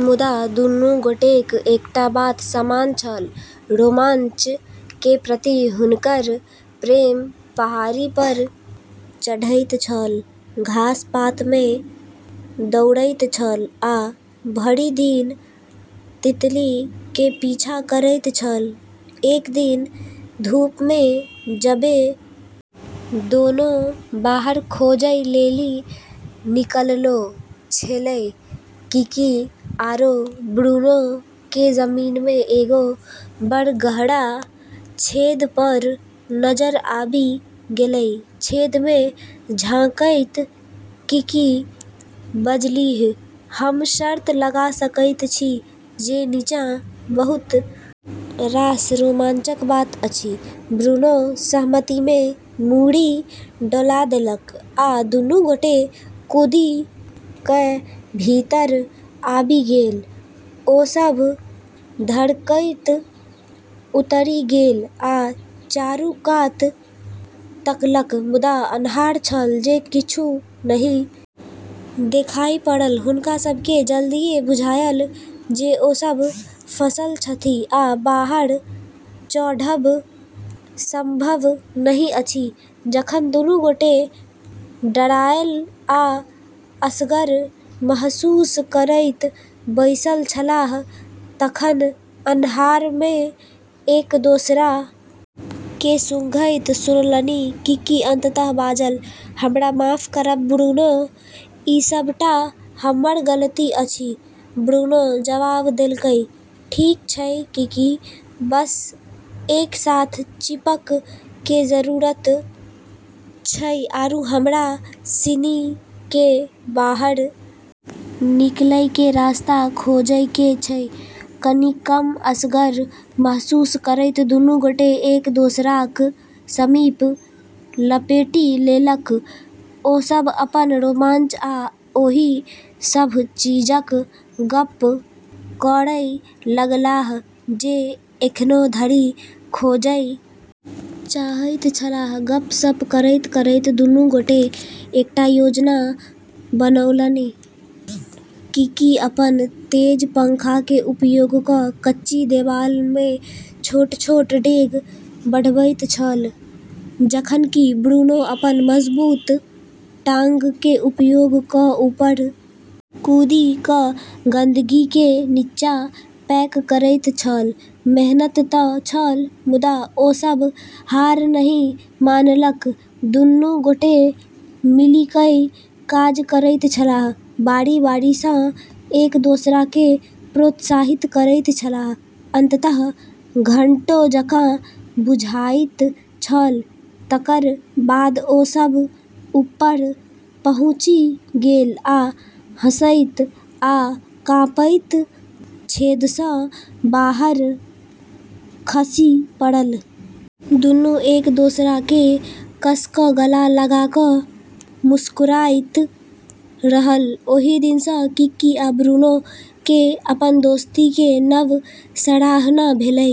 मुदा दुनू गोटेक एकटा बात समान छल, रोमांच के प्रति हुनकर प्रेम पहाड़ी पर चढ़ैत छल, घास-पात मे दौड़ैत छल आ भरि दिन तितली के पीछा करैत छल, एक दिन धूप में जबे दोनों बाहर खोजै लेली निकललो छेलै, किकी आरो ब्रूनो के जमीन में एगो बड़ऽ गहरा छेद पर नजर आबी गेलै, छेद मे झांकैत किकी बजलीह, हम शर्त लगा सकैत छी जे नीचाँ बहुत रास रोमांचक बात अछि, ब्रूनो सहमति मे मुड़ी डोला देलक आ दुनू गोटे कूदि कए भीतर आबि गेल ओ सभ धड़कैत उतरि गेल आ चारू कात तकलक मुदा अन्हार छल जे किछु नहि देखाइ पड़ल, हुनका सब के जल्दीए बुझायल जे ओ सब फंसल छथि आ बाहर चढ़ब संभव नहि अछि जखन दुनू गोटे डराएल आ असगर महसूस करैत बैसल छलाह तखन अन्हार मे एक दोसरा केँ सुंघैत सुनलनि किकी अंततः बाजल, हमरा माफ करब ब्रूनो, ई सबटा हमर गलती अछि, ब्रूनो जबाब देलकै ठीक छै किकी, बस एक साथ चिपक के जरूरत छै आरू हमरा सिनी के बाहर निकलै के रास्ता खोजै के छै, कनि कम असगर महसूस करैत दुनू गोटे एक दोसराक समीप लपेटि लेलक ओ सभ अपन रोमांच आ ओहि सभ चीजक गप्प करय लगलाह जे एखनो धरि खोजय चाहैत छलाह, गप्प-सप्प करैत-करैत दुनू गोटे एकटा योजना बनौलनि किकी अपन तेज पंजा के उपयोग क कच्ची देबाल में छोट-छोट डेग बढ़बैत छल जखन कि ब्रूनो अपन मजबूत टांग के उपयोग क ऊपर कूदि क गंदगी के नीचा पैक करैत छल, मेहनत त छल, मुदा ओ सभ हार नहि मानलक, दुनू गोटे मिलिकय काज करैत छलाह, बारी-बारी सँ एक दोसरा केँ प्रोत्साहित करैत छलाह, अंततः घंटों जकाँ बुझाइत छल तकर बाद ओ सभ ऊपर पहुँचि गेल आ हँसैत आ हांफैत छेदसँ बाहर खसि पड़ल। दुनू एक दोसराकेँ कस कऽ गला लगा कऽ मुस्कुराइत रहल, ओहि दिन सँ किकी आ ब्रूनो के अपन दोस्ती के नव सराहना भेलै।